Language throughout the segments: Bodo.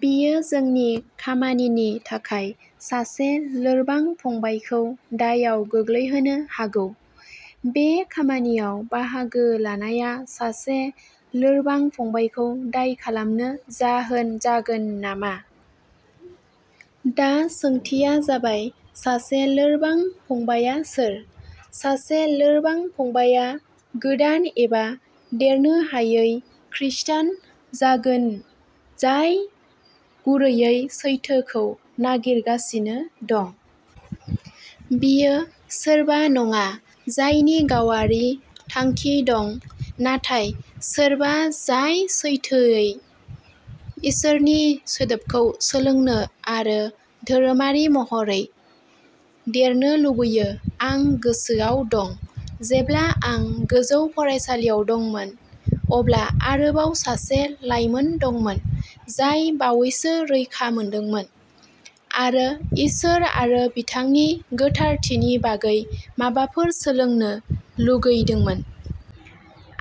बेयो जोंनि खामानिनि थाखाय सासे लोरबां फंबायखौ दायआव गोग्लैहोनो हागौ। बे खामानियाव बाहागो लानाया सासे लोरबां फंबायखौ दाय खालामनो जाहोन जागोन नामा? दा सोंथिया जाबाय, सासे लोरबां फंबायआ सोर? सासे लोरबां फंबायआ गोदान एबा देरनो हायै खृस्टान जागोन जाय गुरैयै सैथोखौ नागिरगासिनो दं। बियो सोरबा नङा जायनि गावारि थांखि दं, नाथाय सोरबा जाय सैथोयै इसोरनि सोदोबखौ सोलोंनो आरो धोरोमारि महरै देरनो लुबैयो। आं गोसोआव दं जेब्ला आं गोजौ फरायसालियाव दंमोन, अब्ला आरोबाव सासे लाइमोन दंमोन जाय बावैसो रैखा मोन्दोंमोन आरो इसोर आरो बिथांनि गोथारथिनि बागै माबाफोर सोलोंनो लुगैदोंमोन।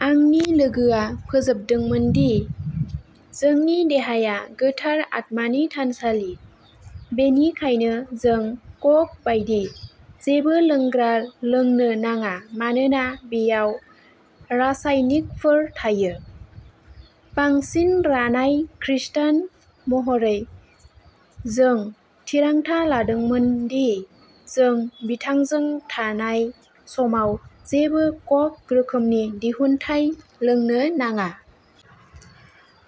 आंनि लोगोआ फोजोबदोंमोन दि जोंनि देहाया गोथार आत्मानि थानसालि, बेनिखायनो जों क'क बायदि जेबो लोंग्रा लोंनो नाङा मानोना बेयाव रासायनिकफोर थायो। बांसिन रानाय खृस्टान महरै, जों थिरांथा लादोंमोन दि जों बिथांजों थानाय समाव जेबो क'क रोखोमनि दिहुनथाय लोंनो नाङा।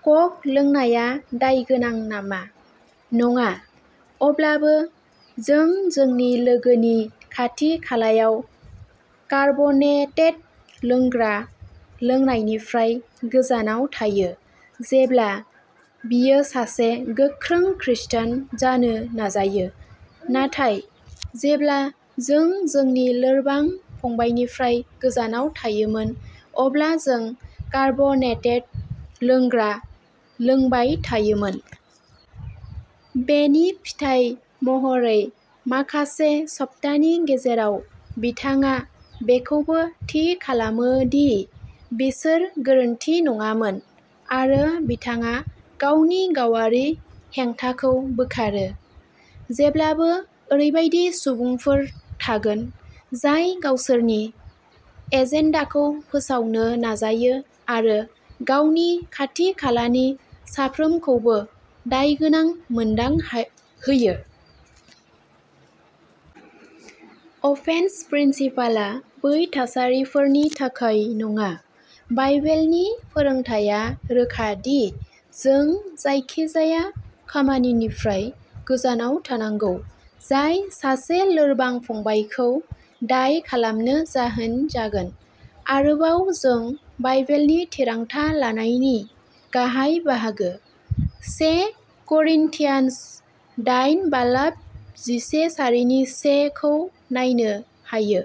क'क लोंनाया दायगोनां नामा? नङा। अब्लाबो जों जोंनि लोगोनि खाथि-खालायाव कार्बनेटेड लोंग्रा लोंनायनिफ्राय गोजानाव थायो, जेब्ला बियो सासे गोख्रों खृस्टान जानो नाजायो। नाथाय, जेब्ला जों जोंनि लोरबां फंबायनिफ्राय गोजानाव थायोमोन, अब्ला जों कार्बनेटेड लोंग्रा लोंबाय थायोमोन। बेनि फिथाइ महरै माखासे सप्तानि गेजेराव बिथाङा बेखौबो थि खालामो दि बिसोर गोरोन्थि नङामोन आरो बिथाङा गावनि गावारि हेंथाखौ बोखारो। जेब्लाबो ओरैबायदि सुबुंफोर थागोन जाय गावसोरनि एजेन्डाखौ फोसावनो नाजायो आरो गावनि खाथि-खालानि साफ्रोमखौबो दायगोनां मोनदांहोयो। अफेन्स प्रिन्सिपलआ बै थासारिफोरनि थाखाय नङा। बाइबेलनि फोरोंथाया रोखा दि जों जायखिजाया खामानिनिफ्राय गोजानाव थानांगौ जाय सासे लोरबां फंबायखौ दाय खालामनो जाहोन जागोन। आरोबाव जों बाइबेलनि थिरांथा लानायनि गाहाय बाहागो, से करिन्थियान्स दायेन बालाब जिसे सारिनि से खौ नायनो हायो,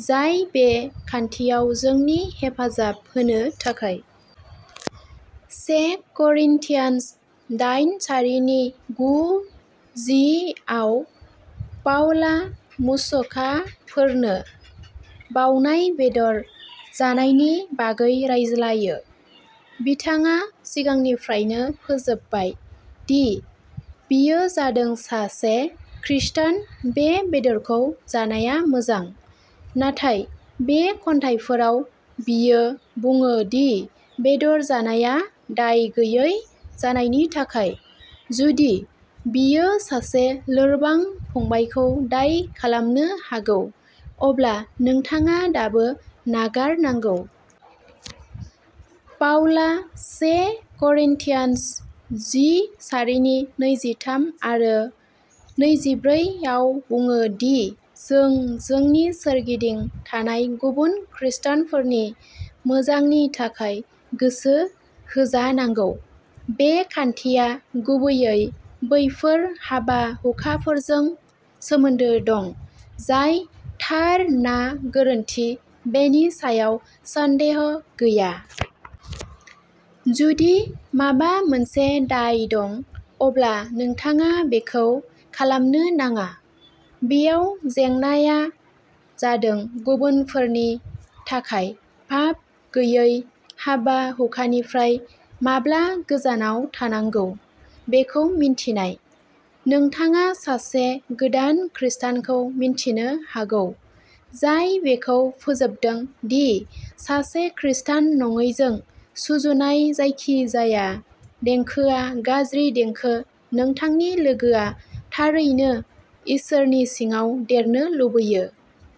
जाय बे खान्थियाव जोंनि हेफाजाब होनो थाखाय। से करिन्थियान्स दायेन सारिनि गु जि आव पाउलआ मुसुखाफोरनो बावनाय बेदर जानायनि बागै रायज्लायो। बिथाङा सिगांनिफ्रायनो फोजोबबाय दि बेयो जादों सासे खृष्टानआ बे बेदरखौ जानाया मोजां। नाथाय, बे खन्थाइफोराव बियो बुङो दि बेदर जानाया दाय गैयै जानायनि थाखाय, जुदि बेयो सासे लोरबां फंबायखौ दाय खालामनो हागौ, अब्ला नोंथाङा दाबो नागारनांगौ। पाउला से करिन्थियान्स जि सारिनि नैजिथाम आरो नैजिब्रै आव बुङो दि जों जोंनि सोरगिदिं थानाय गुबुन खृष्टानफोरनि मोजांनि थाखाय गोसो होजानांगौ। बे खान्थिया गुबैयै बैफोर हाबा-हुखाफोरजों सोमोन्दो दं, जाय थार ना गोरोन्थि, बेनि सायाव सन्देह गैया। जुदि माबा मोनसे दाय दं, अब्ला नोंथाङा बेखौ खालामनो नाङा। बेयाव जेंनाआ जादों गुबुनफोरनि थाखाय पाप गैयै हाबा-हुखानिफ्राय माब्ला गोजानाव थानांगौ बेखौ मिन्थिनाय। नोंथाङा सासे गोदान खृष्टानखौ मिन्थिनो हागौ, जाय बेखौ फोजोबदों दि सासे खृष्टान नङैजों सुजुनाय जायखिजाया देंखोआ गाज्रि देंखो। नोंथांनि लोगोआ थारैनो इसोरनि सिङाव देरनो लुबैयो।